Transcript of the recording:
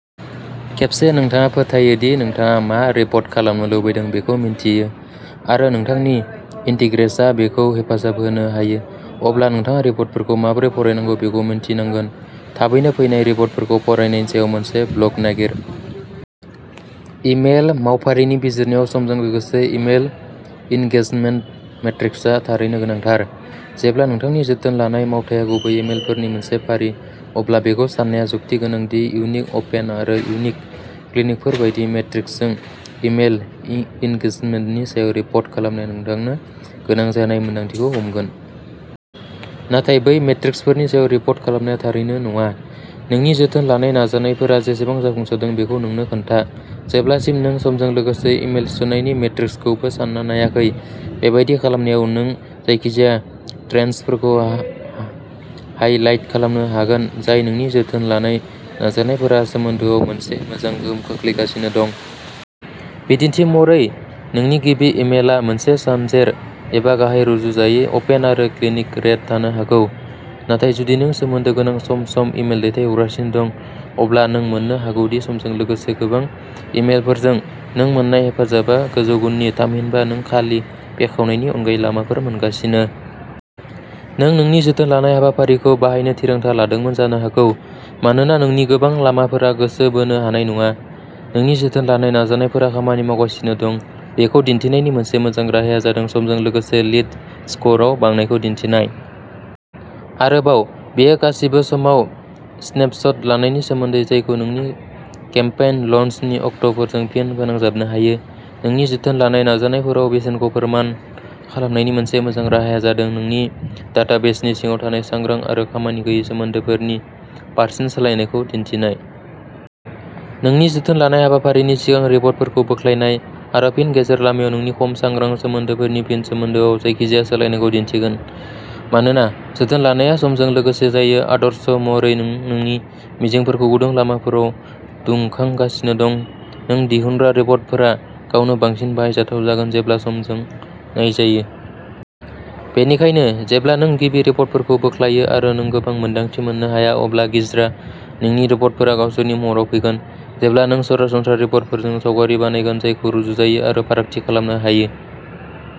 खेबसे नोंथाङा फोथायो दि नोंथाङा मा रिपर्ट खालामनो लुबैदों बेखौ मिन्थियो, आरो नोंथांनि इन्टिग्रेसनआ बेखौ हेफाजाब होनो हायो, अब्ला नोंथाङा रिपर्टफोरखौ माबोरै फरायनांगौ बेखौ मिन्थिनांगोन। थाबैनो फैनाय रिपर्टफोरखौ फरायनायनि सायाव मोनसे ब्लग नागिर। इमेल मावफारिनि बिजिरनायाव समजों लोगोसे इमेल इन्गेजमेन्ट मेट्रिक्सआ थारैनो गोनांथार। जेब्ला नोंथांनि जोथोन लानाय मावथाया गुबैयै इमेलफोरनि मोनसे फारि, अब्ला बेखौ साननाया जुक्तिगोनां दि इउनिक अपेन आरो इउनिक क्लिकफोर बायदि मेट्रिक्सजों इमेल इन्गेजमेन्टनि सायाव रिपर्टिं खालामनाया नोंथांनो गोनां जानाय मोनदांथिखौ हमगोन। नाथाय बै मेट्रिक्सफोरनि सायाव रिपर्टिं खालामनाया थारैनो नङा। नोंनि जोथोन लानाय नाजानायफोरा बेसेबां जाफुंसारदों बेखौ नोंनो खोन्था, जेब्लासिम नों समजों लोगोसे इमेल थिसननायनि मेट्रिक्सखौबो सानना नायाखै। बेबादि खालामनायाव, नों जायखिजाया ट्रेन्डफोरखौ हाईलाइट खालामनो हागोन जाय नोंनि जोथोन लानाय नाजानायफोरा सोमोन्दोआव मोनसे मोजां गोहोम खोख्लैगासिनो दं। बिदिन्थि महरै, नोंनि गिबि इमेलआ मोनसे सानजेर, एबा गाहाय, रुजुजायै अपेन आरो क्लिक रेट थानो हागौ, नाथाय जुदि नों सोमोन्दो गोनां, सम-सम इमेल दैथायहरगासिनो दं, अब्ला नों मोन्नो हागौ दि समजों लोगोसे, गोबां इमेलफोरजों, नों मोन्नाय हेफाजाबआ गोजौ गुननि, थामहिनबा नों खालि बेखेवनायनि अनगायै लामाफोर मोनगासिनो। नों नोंनि जोथोन लानाय हाबाफारिखौ बाहायनो थिरांथा लादोंमोन जानो हागौ मानोना नोंनि गोबां लामाफोरा गोसो बोनो हानाय नङा। नोंनि जोथोन लानाय नाजानायफोरा खामानि मावगासिनो दं बेखौ दिन्थिनायनि मोनसे मोजां राहाया जादों समजों लोगोसे लीड स्करआव बांनायखौ दिन्थिनाय। आरोबाव, बेयो गासिबो समाव स्नेपशट लानायनि सोमोन्दै, जायखौ नोंनि केम्पेइन लन्चनि अक्टफोरजों फिन फोनांजाबनो हायो। नोंनि जोथोन लानाय नाजानायफोराव बेसेनखौ फोरमान खालामनायनि मोनसे मोजां राहाया जादों नोंनि डाटाबेसनि सिङाव थानाय सांग्रां आरो खामानि गैयै सोमोन्दोफोरनि% सोलायनायखौ दिन्थिनाय। नोंनि जोथोन लानाय हाबाफारिनि सिगां रिपर्टफोरखौ बोख्लायनाय, आरो फिन गेजेर-लामायाव नोंनि खम सांग्रां सोमोन्दोफोरनि फिन-सोमोन्दोआव जायखिजाया सोलायनायखौ दिन्थिगोन। मानोना जोथोन लानायआ समजों लोगोसे जायो, आदर्श महरै नों नोंनि मिजिंफोरखौ गुदुं लामाफोराव दुंखांगासिनो दं, नों दिहुनग्रा रिपर्टफोरा गावनो बांसिन बाहायजाथाव जागोन जेब्ला समजों नायजायो। बेनिखायनो जेब्ला नों गिबि रिपर्टफोरखौ बोख्लायो आरो नों गोबां मोनदांथि मोननो हाया अब्ला गिज्रा। नोंनि रिपर्टफोरा गावसोरनि महराव फैगोन जेब्ला नों सरासनस्रा रिपर्टफोरजों सावगारि बानायगोन जायखौ रुजुजायो आरो फारागथि खालामनो हायो।